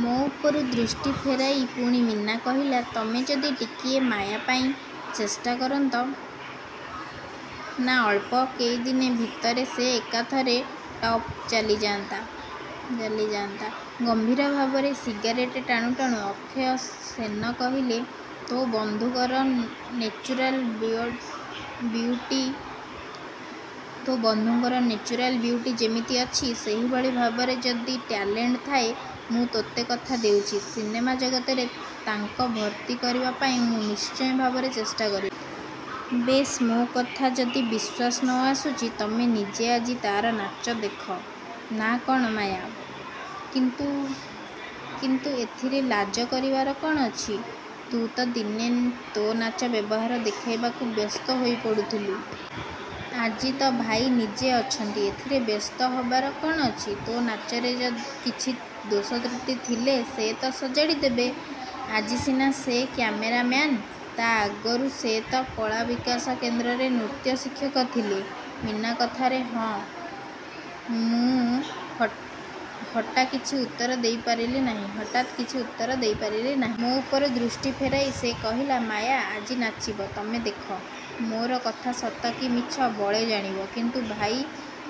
ମୋ ଉପରୁ ଦୃଷ୍ଟି ଫେରାଇ ପୁଣି ମୀନା କହିଲା, 'ତମେ ଯଦି ଟିକିଏ ମାୟା ପାଇଁ ଚେଷ୍ଟା କରନ୍ତ ନା, ଅଳ୍ପ କେଇଦିନ ଭିତରେ ସେ ଏକାଥରେ ଟପ୍କୁ ଚାଲିଯାଆନନ୍ତା। ' —ଗମ୍ଭୀର ଭାବରେ ସିଗାରେଟ୍ ଟାଣୁ ଟାଣୁ ଅକ୍ଷୟ ସେନ କହିଲେ, 'ତୋ ବନ୍ଧୁଙ୍କର ନେଚୁରାଲ ବିଉଟି ଯେମିତି ଅଛି, ସେହିଭଳି ଭାବରେ ଯଦି ଟ୍ୟାଲେଣ୍ଟ ଥାଏ, ମୁଁ ତୋତେ କଥା ଦେଉଛି, ସିନେମା ଜଗତରେ ତାଙ୍କ ଭର୍ତ୍ତି କରିବାପାଇଁ ମୁଁ ନିଶ୍ଚିତ ଭାବରେ ଚେଷ୍ଟା କରିବି। ' 'ବେଶ୍, ମୋ କଥାରେ ଯଦି ବିଶ୍ୱାସ ନ ଆସୁଛି, ତମେ ନିଜେ ଆଜି ତାର ନାଚ ଦେଖ। ନା, କ'ଣ ମାୟା? ' 'କିନ୍ତୁ, କିନ୍ତୁ... ' 'ଏଥିରେ ଲାଜ କରିବାର କ'ଣ ଅଛି! ତୁ ତ ଦିନେ ତୋ ନାଚ ବାହାରେ ଦେଖାଇବାକୁ ବ୍ୟସ୍ତ ହୋଇପଡ଼ୁଥିଲୁ। ଆଜି ତ ଭାଇ ନିଜେ ଅଛନ୍ତି। ଏଥିରେ ବ୍ୟସ୍ତ ହବାର କ'ଣ ଅଛି? ତୋ ନାଚରେ କିଛି ଦୋଷତ୍ରୁଟି ଥିଲେ ସେ ତ ସଜାଡ଼ିଦେବେ। ଆଜି ସିନା ସେ କ୍ୟାମେରାମ୍ୟାନ୍, ତା' ଆଗରୁ ସେ ତ କଳାବିକାଶ କେନ୍ଦ୍ରର ନୃତ୍ୟ ଶିକ୍ଷକ ଥିଲେ। ' —ମୀନା କଥାରେ ମୁଁ ହଠାତ୍କିଛି ଉତ୍ତର ଦେଇପାରିଲି ନାହିଁ। ମୋ ଉପରୁ ଦୃଷ୍ଟି ଫେରାଇ ସେ କହିଲା, 'ମାୟା ଆଜି ନାଚିବ, ତମେ ଦେଖ। ମୋର କଥା ସତ କି ମିଛ ବଳେ ଜାଣିବ। କିନ୍ତୁ ଭାଇ,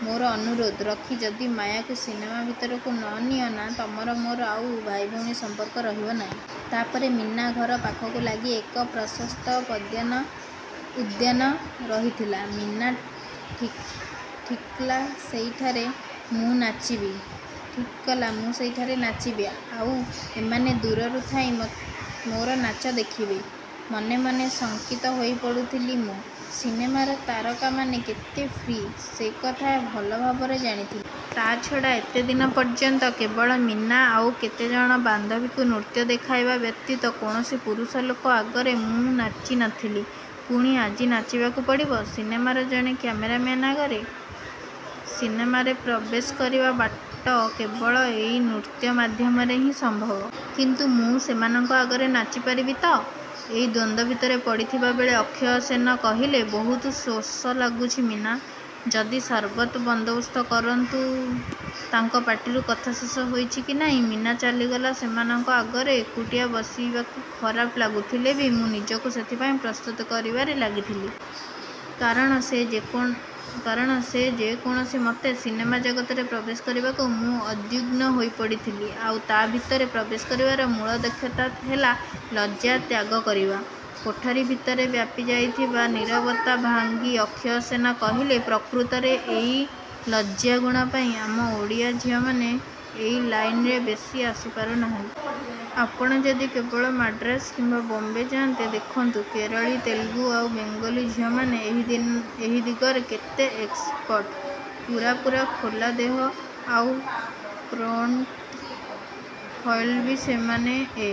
ମୋର ଅନୁରୋଧ ରଖି ଯଦି ମାୟାକୁ ସିନେମା ଭିତରରୁ ନ ନିଅ ନା, ତମର ମୋର ଆଉ ଭାଇଭଉଣୀ ସମ୍ପର୍କ ରହିବ ନାହିଁ। ' ତା'ପରେ ମୀନା ଘର ପାଖକୁ ଲାଗି ଏକ ପ୍ରଶସ୍ତ ଉଦ୍ୟାନ ରହିଥିଲା। ମୀନା ଠିକ୍କଲା ସେଇଠାରେ ମୁଁ ନାଚିବି, ଆଉ ଏମାନେ ଦୂରରୁ ଥାଇ ମୋର ନାଚ ଦେଖିବେ। —ମନେ ମନେ ଶଙ୍କିତ ହୋଇପଡ଼ୁଥିଲି ମୁଁ। ସିନେମାର ତାରକାମାନେ କେତେ ଫ୍ରି ସେକଥା ଭଲ ଭାବରେ ଜାଣିଥିଲି। ତା'ଛଡ଼ା ଏତେଦିନ ପର୍ଯ୍ୟନ୍ତ କେବଳ ମୀନା ଆଉ କେତେଜଣ ବାନ୍ଧବୀଙ୍କୁ ନୃତ୍ୟ ଦେଖାଇବା ବ୍ୟତୀତ କୌଣସି ପୁରୁଷ ଲୋକ ଆଗରେ ମୁଁ ନାଚି ନ ଥିଲି। ପୁଣି ଆଜି ନାଚିବାକୁ ପଡ଼ିବ। ସିନେମାର ଜଣେ କ୍ୟାମେରାମ୍ୟାନ ଆଗରେ। ସିନେମାରେ ପ୍ରବେଶ କରିବାର ବାଟ କେବଳ ଏଇ ନୃତ୍ୟ ମାଧ୍ୟମରେ ହିଁ ସମ୍ଭବ। କିନ୍ତୁ ମୁଁ ସେମାନଙ୍କ ଆଗରେ ନାଚିପାରିବି ତ? ଏଇ ଦ୍ୱନ୍ଦ୍ୱ ଭିତରେ ପଡ଼ିଥିବ ବେଳେ ଅକ୍ଷୟ ସେନ କହିଲେ, 'ବହୁତ ଶୋଷ ଲାଗୁଛି, ମିନୀ, ଯଦି ସରବତର ବନ୍ଦୋବସ୍ତ କରନ୍ତୁ... ' —ତାଙ୍କ ପାଟିରୁ କଥା ଶେଷ ହେଇଛି କି ନାହିଁ ମୀନା ଚାଲିଗଳା। ସେମାନଙ୍କ ଆଗରେ ଏକୁଟିଆ ବସିବାକୁ ଖରାପ ଲାଗୁଥିଲେ ବି, ମୁଁ ନିଜକୁ ସେଥିପାଇଁ ପ୍ରସ୍ତୁତ କରିବାରେ ଲାଗୁଥିଲି। କାରଣ ଯେ କୌଣସିମତେ ସିନେମା ଜଗତରେ ପ୍ରବେଶ କରିବାକୁ ମୁଁ ଉଦ୍ବିଗ୍ନ ହୋଇଉଠିଥିଲି। ଆଉ ତା' ଭିତରକୁ ପ୍ରବେଶ କରିବାର ମୂଳ ଦକ୍ଷତା ହେଲା ଲଜ୍ଜା ତ୍ୟାଗ କରିବା-। —କୋଠରି ଭିତରେ ବ୍ୟାପିଯାଇଥିବା ନୀରବତା ଭାଙ୍ଗି ଅକ୍ଷୟ ସେନ କହିଲେ, ପ୍ରକୃତରେ ଏଇ ଲଜ୍ଜାଗୁଣ ପାଇଁ ଆମ ଓଡ଼ିଆ ଝିଅମାନେ ଏଇ ଲାଇନରେ ବେଶି ଆସିପାରୁନାହାନ୍ତି। ଆପଣ ଯଦି କେବେ ମାଡ୍ରାସ କିମ୍ବା ବମ୍ବେ ଯାଆନ୍ତେ, ଦେଖନ୍ତେ କେରଳୀ, ତେଲଗୁ, ଆଉ ବେଙ୍ଗଲୀ ଝିଅମାନେ ଏଇ ଦିଗରେ କେତେ ଏକ୍ସ୍ପାର୍ଟ। ପୂରା ପୂରା ଖୋଲା ଦେହ ଆଉ ପ୍ରମ୍ପ୍ଟ୍ହେଇ ବି ସେମାନେ ଏ